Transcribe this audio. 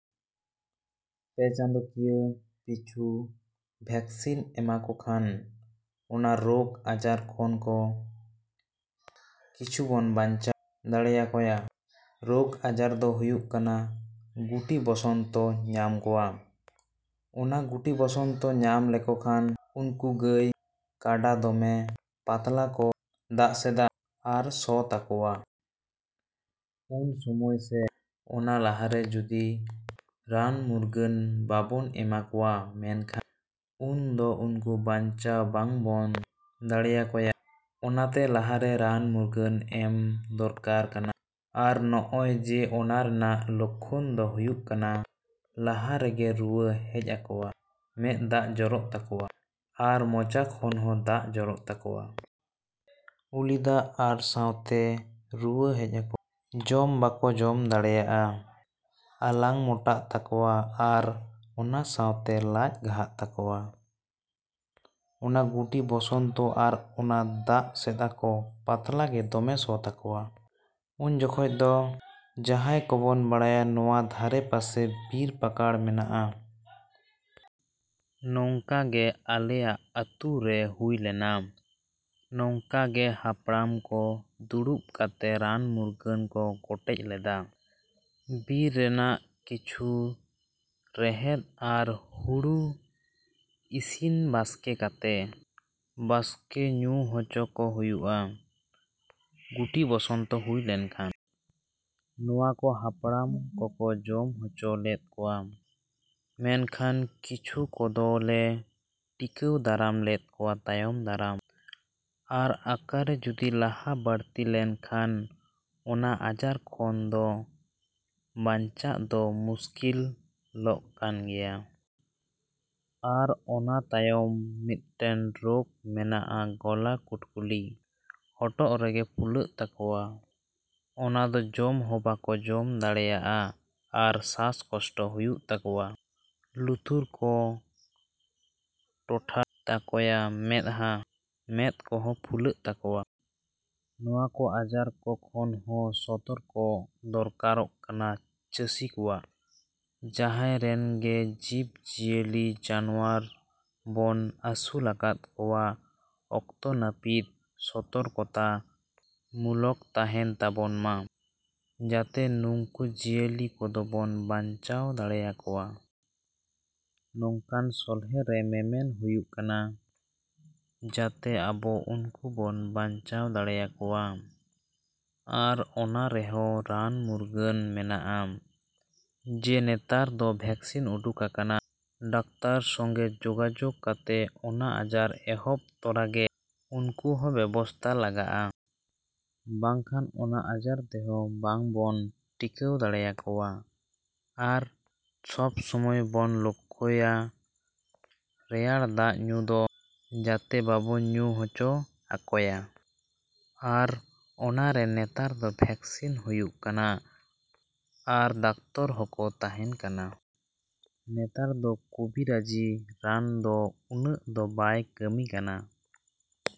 ᱯᱮ ᱪᱟᱸᱫᱳᱠᱤᱭᱟᱹ ᱯᱤᱪᱷᱩ ᱵᱷᱮᱠᱥᱤᱱ ᱮᱢᱟᱠᱚ ᱠᱷᱟᱱ ᱚᱱᱟ ᱨᱳᱜᱽ ᱟᱡᱟᱨ ᱠᱷᱚᱱ ᱠᱚ ᱠᱤᱪᱷᱩ ᱵᱚᱱ ᱵᱟᱧᱪᱟᱣ ᱫᱟᱲᱮᱭᱟᱠᱚᱭᱟ᱾ ᱨᱳᱜᱽ ᱟᱡᱟᱨ ᱫᱚ ᱦᱩᱭᱩᱜ ᱠᱟᱱᱟ ᱜᱩᱴᱤ ᱵᱚᱥᱚᱱᱛᱚ ᱧᱟᱢ ᱠᱚᱣᱟ᱾ ᱚᱱᱟ ᱜᱩᱴᱤ ᱵᱚᱥᱚᱱᱛᱚ ᱧᱟᱢ ᱞᱮᱠᱚ ᱠᱷᱟᱱ, ᱩᱱᱠᱩ ᱜᱟᱹᱭ, ᱠᱟᱰᱟ ᱫᱚᱢᱮ ᱯᱟᱛᱞᱟ ᱠᱚ ᱫᱟᱜᱥᱮᱫᱟ ᱟᱨ ᱥᱚ ᱛᱟᱠᱚᱣᱟ᱾ ᱩᱱ ᱥᱚᱢᱚᱭ ᱥᱮ, ᱚᱱᱟ ᱞᱟᱦᱟ ᱨᱮ ᱡᱩᱫᱤ ᱨᱟᱱᱼᱢᱩᱨᱜᱟᱹᱱ ᱵᱟᱵᱚᱱ ᱮᱢᱟ ᱠᱚᱣᱟ ᱢᱮᱱᱠᱷᱟᱱ ᱩᱱ ᱫᱚ ᱱᱩᱠᱩ ᱵᱟᱧᱪᱟᱣ ᱵᱟᱝ ᱵᱚᱱ ᱫᱟᱲᱮᱭᱟᱠᱚᱭᱟ᱾ᱚᱱᱟᱛᱮ ᱞᱟᱦᱟ ᱨᱮ ᱨᱟᱱᱼᱢᱩᱨᱜᱟᱹᱱ ᱮᱢ ᱫᱚᱨᱠᱟᱨ ᱠᱟᱱᱟ᱾ ᱟᱨ ᱱᱚᱜᱼᱚᱭ ᱡᱮ ᱚᱱᱟ ᱨᱮᱱᱟᱜ ᱞᱳᱠᱠᱷᱚᱱ ᱫᱚ ᱦᱩᱭᱩᱜ ᱠᱟᱱᱟ ᱞᱟᱦᱟ ᱨᱮᱜᱮ ᱨᱩᱣᱟᱹ ᱦᱮᱡ ᱟᱠᱚᱣᱟ, ᱢᱮᱸᱫ ᱫᱟᱜ ᱡᱚᱨᱚᱜ ᱛᱟᱠᱚᱣᱟ, ᱟᱨ ᱢᱚᱪᱟ ᱠᱷᱚᱱ ᱦᱚᱸ ᱫᱟᱜ ᱡᱚᱨᱚᱜ ᱛᱟᱠᱚᱣᱟ᱾ ᱩᱞᱤᱫᱟᱜ ᱟᱨ ᱥᱟᱸᱶᱛᱮ ᱨᱩᱣᱟᱹ ᱦᱮᱡ ᱟᱠᱚᱣᱟ᱾ ᱡᱚᱢ ᱵᱟᱠᱚ ᱡᱚᱢ ᱫᱟᱲᱮᱭᱟᱜᱼᱟ, ᱟᱞᱟᱝ ᱢᱚᱴᱟᱜ ᱛᱟᱠᱚᱣᱟ ᱟᱨ ᱚᱱᱟ ᱥᱟᱶᱛᱮ ᱞᱟᱡ ᱜᱷᱟᱜ ᱛᱟᱠᱚᱣᱟ᱾ ᱚᱱᱟ ᱜᱩᱴᱤ ᱵᱚᱥᱚᱱᱛᱚ ᱟᱨ ᱚᱱᱟ ᱫᱟᱜ ᱥᱮᱫᱽᱟᱠᱚ ᱯᱟᱛᱞᱟ ᱜᱮ ᱫᱚᱢᱮ ᱥᱚ ᱛᱟᱠᱚᱣᱟ᱾ ᱩᱱ ᱡᱚᱠᱷᱟᱡ ᱫᱚ ,ᱡᱟᱦᱟᱸᱭ ᱠᱚᱵᱚᱱ ᱵᱟᱲᱟᱭᱟ ᱱᱚᱣᱟ ᱫᱷᱟᱨᱮ ᱯᱟᱥᱮ ᱵᱤᱨ ᱯᱟᱠᱟᱲ ᱢᱮᱱᱟᱜᱼᱟ᱾ ᱱᱚᱝᱠᱟ ᱜᱮ ᱟᱞᱮᱭᱟᱜ ᱟᱹᱛᱩ ᱨᱮ ᱦᱩᱭ ᱞᱮᱱᱟ᱾ ᱱᱚᱝᱠᱟ ᱜᱮ ᱦᱟᱯᱲᱟᱢ ᱠᱚ ᱫᱩᱲᱩᱵ ᱠᱟᱛᱮ ᱨᱟᱱᱼᱢᱩᱨᱜᱟᱹᱱ ᱠᱚ ᱠᱚᱴᱮᱡ ᱞᱮᱫᱟ᱾ ᱵᱤᱨ ᱨᱮᱱᱟᱜ ᱠᱤᱪᱷᱩ ᱨᱮᱦᱮᱫᱽ ᱟᱨ ᱦᱩᱲᱩ ᱤᱥᱤᱱ ᱵᱟᱥᱠᱮ ᱠᱟᱛᱮ, ᱵᱟᱥᱠᱮ ᱧᱩ ᱦᱚᱪᱚ ᱠᱚ ᱦᱩᱭᱩᱜᱼᱟ, ᱜᱩᱴᱤ ᱵᱚᱥᱚᱱᱛᱚ ᱦᱩᱭ ᱞᱮᱱᱠᱷᱟᱱ᱾ ᱱᱚᱣᱟ ᱠᱚ ᱦᱟᱯᱲᱟᱢ ᱠᱚ ᱠᱚ ᱡᱚᱢ ᱦᱚᱪᱚ ᱞᱮᱫ ᱠᱟᱣᱟ᱾ ᱢᱮᱱᱠᱷᱟᱱ ᱠᱤᱪᱷᱩ ᱠᱚᱫᱚᱞᱮ ᱴᱤᱠᱟᱹᱣ ᱫᱟᱨᱟᱢ ᱞᱮᱫ ᱠᱚᱣᱟ ᱛᱟᱭᱚᱢ ᱫᱟᱨᱟᱢ᱾ ᱟᱨ ᱟᱠᱟᱨᱮ ᱡᱩᱫᱤ ᱞᱟᱦᱟ ᱵᱟᱹᱲᱛᱤ ᱞᱮᱱᱠᱷᱟᱱ ᱚᱱᱟ ᱟᱡᱟᱨ ᱠᱷᱚᱱ ᱫᱚ ᱵᱟᱧᱪᱟᱜ ᱫᱚ ᱢᱩᱥᱠᱤᱞ ᱞᱚᱜ ᱠᱟᱱ ᱜᱮᱭᱟ᱾ ᱟᱨ ᱚᱱᱟ ᱛᱟᱭᱚᱢ ᱢᱤᱫᱴᱮᱱ ᱨᱳᱜᱽ ᱦᱮᱱᱟᱜᱼᱟ ᱜᱚᱞᱟ ᱠᱩᱴᱠᱩᱞᱤ᱾ ᱦᱚᱴᱚᱜ ᱨᱮᱜᱮ ᱯᱷᱩᱞᱟᱹᱜ ᱛᱟᱠᱚᱣᱟ᱾ ᱚᱱᱟ ᱫᱚ ᱡᱚᱢ ᱦᱚᱸ ᱵᱟᱠᱚ ᱡᱚᱢ ᱫᱟᱲᱮᱭᱟᱜᱼᱟ ᱟᱨ ᱥᱟᱥ ᱠᱚᱥᱴᱚ ᱦᱩᱭᱩᱜ ᱛᱟᱠᱚᱣᱟ᱾ ᱞᱩᱛᱩᱨ ᱠᱚ ᱴᱚᱴᱷᱟ ᱛᱟᱠᱚᱭᱟ ᱢᱮᱸᱫᱼᱦᱟᱸ, ᱢᱮᱸᱫ ᱠᱚᱦᱚᱸ ᱯᱷᱩᱞᱟᱹᱜ ᱛᱟᱠᱚᱣᱟ᱾ ᱱᱚᱣᱟ ᱠᱚ ᱟᱡᱟᱨ ᱠᱚ ᱠᱷᱚᱱ ᱦᱚᱸ ᱥᱚᱛᱚᱨᱠᱚ ᱫᱚᱨᱠᱟᱨᱚᱜ ᱠᱟᱱᱟ ᱪᱟᱹᱥᱤ ᱠᱚᱣᱟᱜ᱾ ᱡᱟᱦᱟᱸᱭ ᱨᱮᱱ ᱜᱮ ᱡᱤᱵᱽᱼᱡᱤᱭᱟᱹᱞᱤ ᱡᱟᱱᱣᱟᱨ ᱵᱚᱱ ᱟᱹᱥᱩᱞ ᱟᱠᱟᱫ ᱠᱚᱣᱟ ᱚᱠᱛᱚ ᱱᱟᱹᱯᱤᱛ ᱥᱚᱛᱚᱨᱠᱚᱛᱟ ᱢᱩᱞᱚᱠ ᱛᱟᱦᱮᱱ ᱛᱟᱵᱚᱱ ᱢᱟ, ᱡᱟᱛᱮ ᱱᱩᱠᱩ ᱡᱤᱭᱟᱹᱞᱤ ᱠᱚᱵᱚᱱ ᱵᱟᱧᱪᱟᱣ ᱫᱟᱲᱮᱭᱟᱠᱚᱣᱟ᱾ ᱱᱚᱝᱠᱟᱱ ᱥᱚᱞᱦᱮ ᱨᱮ ᱢᱮᱢᱮᱱ ᱦᱩᱭᱩᱜ ᱠᱟᱱᱟ, ᱡᱟᱛᱮ ᱟᱵᱚ ᱱᱩᱠᱩ ᱵᱚᱱ ᱵᱟᱧᱪᱟᱣ ᱫᱟᱲᱮᱭᱟᱠᱚᱣᱟ᱾ ᱟᱨ ᱚᱱᱟ ᱨᱮᱦᱚᱸ ᱨᱟᱱ ᱢᱩᱨᱜᱟᱹᱱ ᱢᱮᱱᱟᱜᱼᱟ, ᱡᱮ ᱱᱮᱛᱟᱨ ᱫᱚ ᱵᱷᱮᱠᱥᱤᱱ ᱩᱰᱩᱠᱟᱠᱟᱱᱟ, ᱰᱟᱠᱛᱟᱨ ᱥᱚᱸᱜᱮ ᱡᱳᱜᱟᱡᱳᱜᱽ ᱠᱟᱛᱮ ᱚᱱᱟ ᱟᱡᱟᱨ ᱮᱦᱚᱵ ᱛᱚᱨᱟ ᱨᱮᱜᱮ ᱩᱱᱠᱩ ᱦᱚᱸ ᱵᱮᱵᱚᱥᱛᱟ ᱞᱟᱜᱟᱜᱼᱟ᱾ ᱵᱟᱝᱠᱷᱟᱱ ᱚᱱᱟ ᱟᱡᱟᱨ ᱛᱮᱦᱚᱸ ᱵᱟᱵᱚᱱ ᱴᱤᱠᱟᱹᱣ ᱫᱟᱲᱮᱭᱟᱠᱚᱣᱟ᱾ ᱟᱨ ᱥᱚᱵ ᱥᱚᱢᱚᱭ ᱵᱚᱱ ᱞᱚᱠᱠᱷᱚᱭᱟ ᱨᱮᱭᱟᱲ ᱫᱟᱜ ᱧᱩ ᱫᱚ, ᱡᱟᱛᱮ ᱵᱟᱵᱚᱱ ᱧᱩ ᱦᱚᱪᱚ ᱟᱠᱚᱭᱟ᱾ ᱟᱨ ᱚᱱᱟ ᱨᱮ ᱱᱮᱛᱟᱨ ᱫᱚ ᱵᱷᱮᱠᱥᱤᱱ ᱦᱩᱭᱩᱜ ᱠᱟᱱᱟ᱾ ᱟᱨ ᱫᱟᱠᱛᱟᱨ ᱦᱚᱠᱚ ᱛᱟᱦᱮᱸᱱ ᱠᱟᱱᱟ᱾ ᱱᱮᱛᱟᱨ ᱫᱚ ᱠᱩᱵᱤᱨᱟᱹᱡᱤ ᱨᱟᱱ ᱫᱚ ᱩᱱᱟᱹᱜ ᱫᱚ ᱵᱟᱭ ᱠᱟᱹᱢᱤ ᱠᱟᱱᱟ ᱾